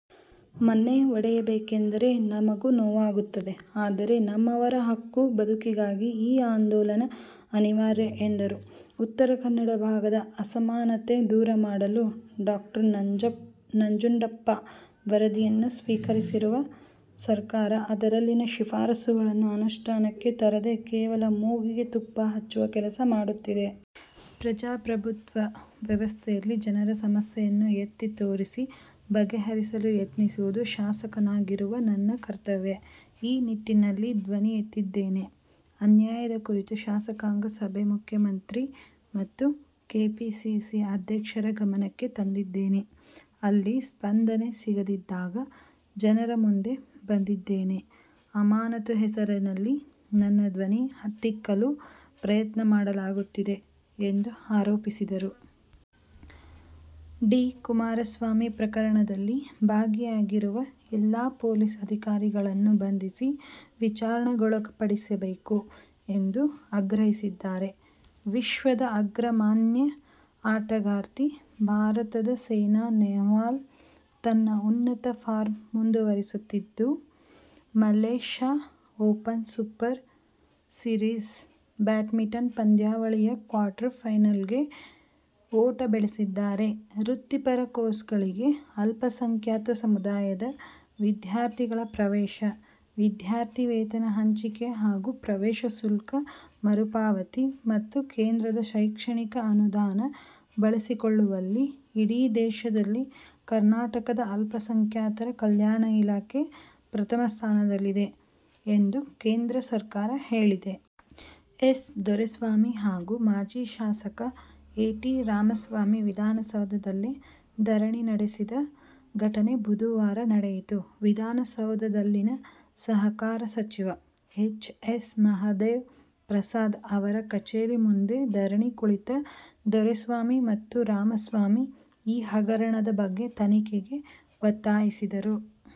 ಮನೆ ಒಡೆಯಬೇಕೆಂದರೆ ನಮಗೂ ನೋವಾಗುತ್ತದೆ. ಆದರೆ, ನಮ್ಮವರ ಹಕ್ಕು, ಬದುಕಿಗಾಗಿ ಈ ಆಂದೋಲನ ಅನಿವಾರ್ಯ' ಎಂದರು. ಉ. ಕ ಭಾಗದ ಅಸಮಾನತೆ ದೂರ ಮಾಡಲು ಡಾ. ನಂಜುಂಡಪ್ಪ ವರದಿಯನ್ನು ಸ್ವೀಕರಿಸಿರುವ ಸರ್ಕಾರ ಅದರಲ್ಲಿನ ಶಿಫಾರಸುಗಳನ್ನು ಅನುಷ್ಠಾನಕ್ಕೆ ತರದೇ ಕೇವಲ ಮೂಗಿಗೆ ತುಪ್ಪ ಹಚ್ಚುವ ಕೆಲಸ ಮಾಡುತ್ತಿದೆ. ಪ್ರಜಾಪ್ರಭುತ್ವ ವ್ಯವಸ್ಥೆಯಲ್ಲಿ ಜನರ ಸಮಸ್ಯೆಯನ್ನು ಎತ್ತಿ ತೋರಿಸಿ, ಬಗೆಹರಿಸಲು ಯತ್ನಿಸುವುದು ಶಾಸಕನಾಗಿರುವ ನನ್ನ ಕರ್ತವ್ಯ. ಈ ನಿಟ್ಟಿನಲ್ಲಿ ಧ್ವನಿ ಎತ್ತಿದ್ದೇನೆ. ಅನ್ಯಾಯದ ಕುರಿತು ಶಾಸಕಾಂಗ ಸಭೆ, ಮುಖ್ಯಮಂತ್ರಿ ಮತ್ತು ಕೆಪಿಸಿಸಿ ಅಧ್ಯಕ್ಷರ ಗಮನಕ್ಕೆ ತಂದಿದ್ದೇನೆ. ಅಲ್ಲಿ ಸ್ಪಂದನೆ ಸಿಗದಿದ್ದಾಗ ಜನರ ಮುಂದೆ ಬಂದಿದ್ದೇನೆ. ಅಮಾನತು ಹೆಸರಿನಲ್ಲಿ ನನ್ನ ಧ್ವನಿ ಹತ್ತಿಕ್ಕಲು ಪ್ರಯತ್ನ ಮಾಡಲಾಗುತ್ತಿದೆ' ಎಂದು ಆರೋಪಿಸಿದರು. ಡಿ. ಕುಮಾರಸ್ವಾಮಿ, ಪ್ರಕರಣದಲ್ಲಿ ಭಾಗಿಯಾಗಿರುವ ಎಲ್ಲ ಪೊಲೀಸ್ ಅಧಿಕಾರಿಗಳನ್ನು ಬಂಧಿಸಿ ವಿಚಾರಣೆಗೊಳಪಡಿಸಬೇಕು ಎಂದು ಆಗ್ರಹಿಸಿದ್ದಾರೆ. ವಿಶ್ವದ ಅಗ್ರಮಾನ್ಯ ಆಟಗಾರ್ತಿ ಭಾರತದ ಸೈನಾ ನೆಹ್ವಾಲ್ ತನ್ನ ಉನ್ನತ ಫಾರ್ಮ್ ಮುಂದುವರಿಸುತ್ತಿದ್ದು, Malaysia Open Super Series badminton ಪಂದ್ಯಾವಳಿಯ ಕ್ವಾರ್ಟರ್ ಫೈನಲ್ಗೆ ಓಟ ಬೆಳೆಸಿದ್ದಾರೆ. ವೃತ್ತಿಪರ ಕೋರ್ಸ್ಗಳಿಗೆ ಅಲ್ಪಸಂಖ್ಯಾತ ಸಮುದಾಯದ ವಿದ್ಯಾರ್ಥಿಗಳ ಪ್ರವೇಶ, ವಿದ್ಯಾರ್ಥಿ ವೇತನ ಹಂಚಿಕೆ ಹಾಗೂ ಪ್ರವೇಶ ಶುಲ್ಕ ಮರುಪಾವತಿ ಮತ್ತು ಕೇಂದ್ರದ ಶೈಕ್ಷಣಿಕ ಅನುದಾನ ಬಳಸಿಕೊಳ್ಳುವಲ್ಲಿ ಇಡೀ ದೇಶದಲ್ಲಿ ಕರ್ನಾಟಕದ ಅಲ್ಪಸಂಖ್ಯಾತರ ಕಲ್ಯಾಣ ಇಲಾಖೆ ಪ್ರಥಮ ಸ್ಥಾನದಲ್ಲಿದೆ ಎಂದು ಕೇಂದ್ರ ಸರ್ಕಾರ ಹೇಳಿದೆ. ಎಸ್ ದೊರೆಸ್ವಾಮಿ ಹಾಗೂ ಮಾಜಿ ಶಾಸಕ ಎ. ಟಿ. ರಾಮಸ್ವಾಮಿ ವಿಧಾನಸೌಧದಲ್ಲೇ ಧರಣಿ ನಡೆಸಿದ ಘಟನೆ ಬುಧವಾರ ನಡೆಯಿತು. ವಿಧಾನಸೌಧದಲ್ಲಿನ ಸಹಕಾರ ಸಚಿವ ಎಚ್. ಎಸ್. ಮಹದೇವ ಪ್ರಸಾದ್ ಅವರ ಕಚೇರಿ ಮುಂದೆ ಧರಣಿ ಕುಳಿತ ದೊರೆಸ್ವಾಮಿ ಮತ್ತು ರಾಮಸ್ವಾಮಿ ಈ ಹಗರಣದ ಬಗ್ಗೆ ತನಿಖೆಗೆ ಒತ್ತಾಯಿಸಿದರು.